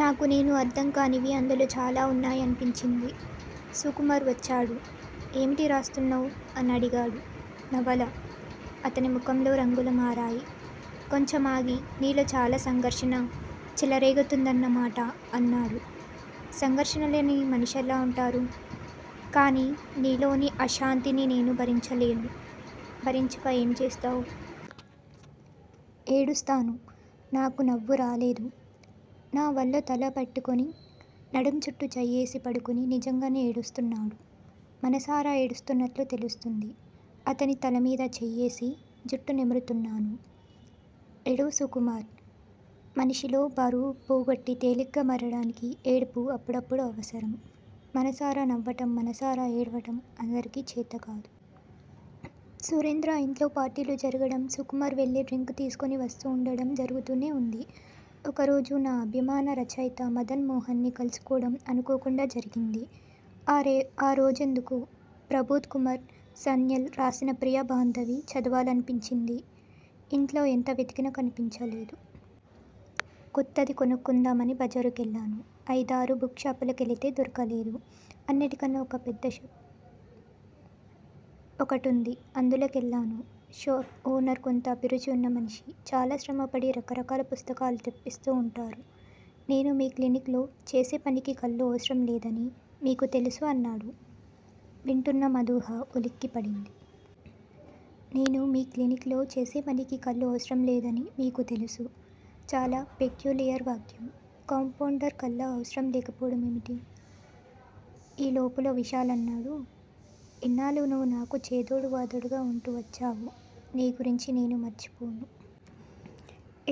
నాకు నేను అర్థం కానివి అందులో చాలా ఉన్నాయనిపించింది. సుకుమార్ వచ్చాడు. ఏమిటి రాస్తున్నావు? అనడిగాడు. 'నవల' అతని ముఖంలో రంగులు మారాయి. కొంచమాగి నీలో చాలా సంఘర్షణ చెలరేగుతున్నదన్నమాట అన్నాడు. సంఘర్షణలేని మనిషెలా ఉంటారు? కాని నీలోని అశాంతిని నేను భరించలేను. భరించక ఏం చేస్తావు? ఏడుస్తాను నాకు నవ్వు రాలేదు. నా వళ్ళో తల పెట్టుకుని నడుం చుట్టూ చెయ్యేసి పడుకుని నిజంగానే ఏడుస్తున్నాడు. మనసారా ఏడుస్తున్నట్లు తెలుస్తుంది. అతని తలమీద చెయ్యేసి జుట్టు నిమురుతున్నాను. ఏడువు సుకుమార్. మనిషిలో బరువు పోగొట్టి తేలిగ్గా మారటానికి ఏడుపు అప్పుడప్పుడు అవసరం. మనసారా నవ్వటం, మనసారా ఏడవటం అందరికీ చేతకాదు. సురేంద్ర ఇంట్లో పార్టీలు జరగటం, సుకుమార్ వెళ్ళి డ్రింక్ తీసుకుని వస్తూ ఉండటం జరుగుతూనే ఉంది. ఒకరోజు నా అభిమాన రచయిత మదన్ మోహన్ ని కలుసుకోవడం అనుకోకుండా జరిగింది. ఆ రోజెందుకో ప్రభోద్ కుమార్ సన్యాల్ రాసిన ప్రియ బాంధవి చదవాలనిపించింది. ఇంట్లో ఎంత వెతికినా కనిపించలేదు. కొత్తది కొనుక్కుందామని బజారుకెళ్ళాను. అయిదారు బుక్ షాపులకెళితే దొరకలేదు. అన్నిటికన్నా పెద్ద షాపు ఒకటుంది. అందులో కెళ్లాను. షాపు ఓనర్ కొంత అభిరుచి ఉన్న మనిషి. చాలా శ్రమపడి రకరకాల పుస్తకాలు తెప్పిస్తూ ఉంటారు. నేను మీ క్లినిక్ లో చేసేపనికి కళ్ళు అవసరంలేదని మీకు తెలుసు అన్నాడు వింటూన్న మధూహ ఉలిక్కిపడింది. నేను మీ క్లినిక్ లో చేసేపనికి కళ్ళు అవసరంలేదని మీకు తెలుసు. చాలా పెక్యూలియర్ వాక్యం. కాంపౌండర్ కి కళ్ళ అవసరం లేకపోవటం ఏమిటి? ఈ లోపులో విశాల్ అన్నాడు ఇన్నాళ్ళూ నువ్వు నాకు చేదోడు వాదోడుగా వుంటూ వచ్చావు. నీ గురించి నేను మర్చిపోను.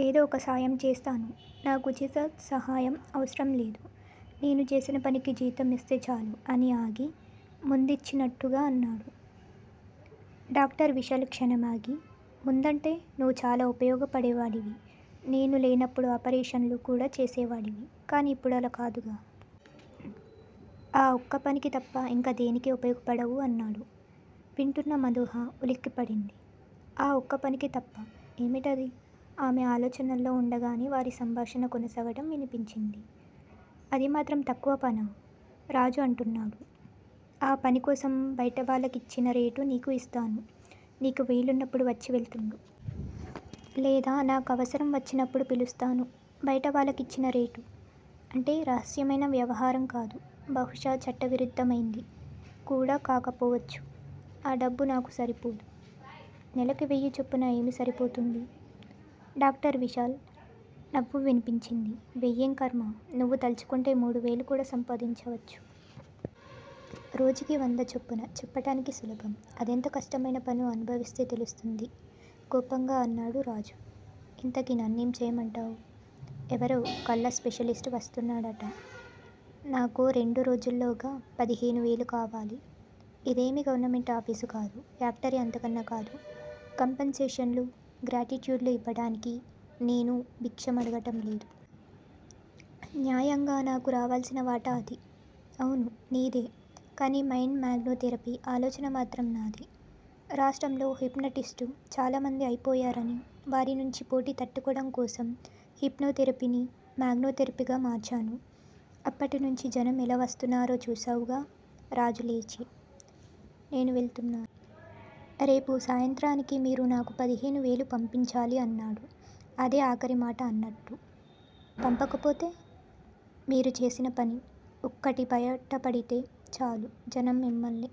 ఏదో ఒకసాయం చేస్తాను. నాకు ఉచిత సహాయం అవసరం లేదు. నేను చేసినపనికి జీతం ఇస్తే చాలు అని ఆగి, ముందిచ్చినట్టుగా అన్నాడు. డాక్టర్ విశాల్ క్షణం ఆగి, ముందంటే నువ్వు చాలా ఉపయోగపడేవాడివి. నేను లేనప్పుడు ఆపరేషన్లు కూడా చేసేవాడివి. కానీ ఇప్పుడలా కాదుగా. ఆ ఒక్కపనికి తప్ప ఇంకదేనికీ ఉపయోగపడవు అన్నాడు. వింటూన్న మధూహ ఉలిక్కిపడింది. ఆ ఒక్కపనికి తప్ప! ఏమిటది? ఆమె ఆలోచనల్లో వుండగానే వారి సంభాషణ కొనసాగటం వినిపించింది. అది మాత్రం తక్కువ పనా? రాజు అంటున్నాడు. ఆ పనికోసం బయటవాళ్ళకిచ్చిన రేటు నీకూ ఇస్తాను. నీకు వీలున్నప్పుడు వచ్చి వెళ్తుండు. లేదా నాకవసరం వచ్చినప్పుడు పిలిపిస్తాను బయటవాళ్ళకిచ్చిన రేటు. అంటే రహస్యమైన వ్యవహారం కాదు. బహుశ చట్టవిరుద్ధమైంది. కూడా కాకపోవచ్చు. ఆ డబ్బు నాకు సరిపోదు. నెలకి వెయ్యి చొప్పున ఏమి సరిపోతుంది? డాక్టర్ విశాల్ నవ్వు వినిపించింది. వెయ్యేం ఖర్మ? నువ్వు తల్చుకుంటే మూడువేలు కూడా సంపాదించవచ్చు. రోజుకి వంద చొప్పున. చెప్పటానికి సులభం. అదెంత కష్టమైనపనో అనుభవిస్తే తెలుస్తుంది కోపంగా అన్నాడు రాజు. ఇంతకీ నన్నేం చెయ్యమంటావు? ఎవరో కళ్ళ స్పెషలిస్ట్ వస్తున్నాడట. నాకో రెండురోజుల్లోగ పదిహేను వేలు కావాలి. ఇదేమీ గవర్నమెంటు ఆఫీసు కాదు. ఫ్యాక్టరీ అంతకన్నా కాదు, కంపన్సేషన్లూ, గ్రాట్యుయిటీలు ఇవ్వటానికి నేను భిక్షం అడగటంలేదు. న్యాయంగా నాకు రావలసిన వాటా అది. అవును. నీదే. కానీ మైండ్ మాగ్నో థెరపీ ఆలోచన మాత్రం నాది! రాష్ట్రంలో హిప్నాటిస్టు చాలామంది అయిపోయారనీ, వారినుంచి పోటీ తట్టుకోవటం కోసం హిప్నో థెరపీని, మాగ్నో థెరపీగా మార్చాను. అప్పటినుంచీ జనం ఎలా వస్తున్నారో చూసావుగా రాజులేచి, నేను వెళ్తూన్నా. రేపు సాయంత్రానికి మీరు నాకు పదిహేను వేలు పంపించాలి అన్నాడు అదే ఆఖరి మాట అన్నట్టు. పంపకపోతే? మీరు చేసిన పని 'ఒక్కటి' బయటపడితే చాలు. జనం మిమ్మల్ని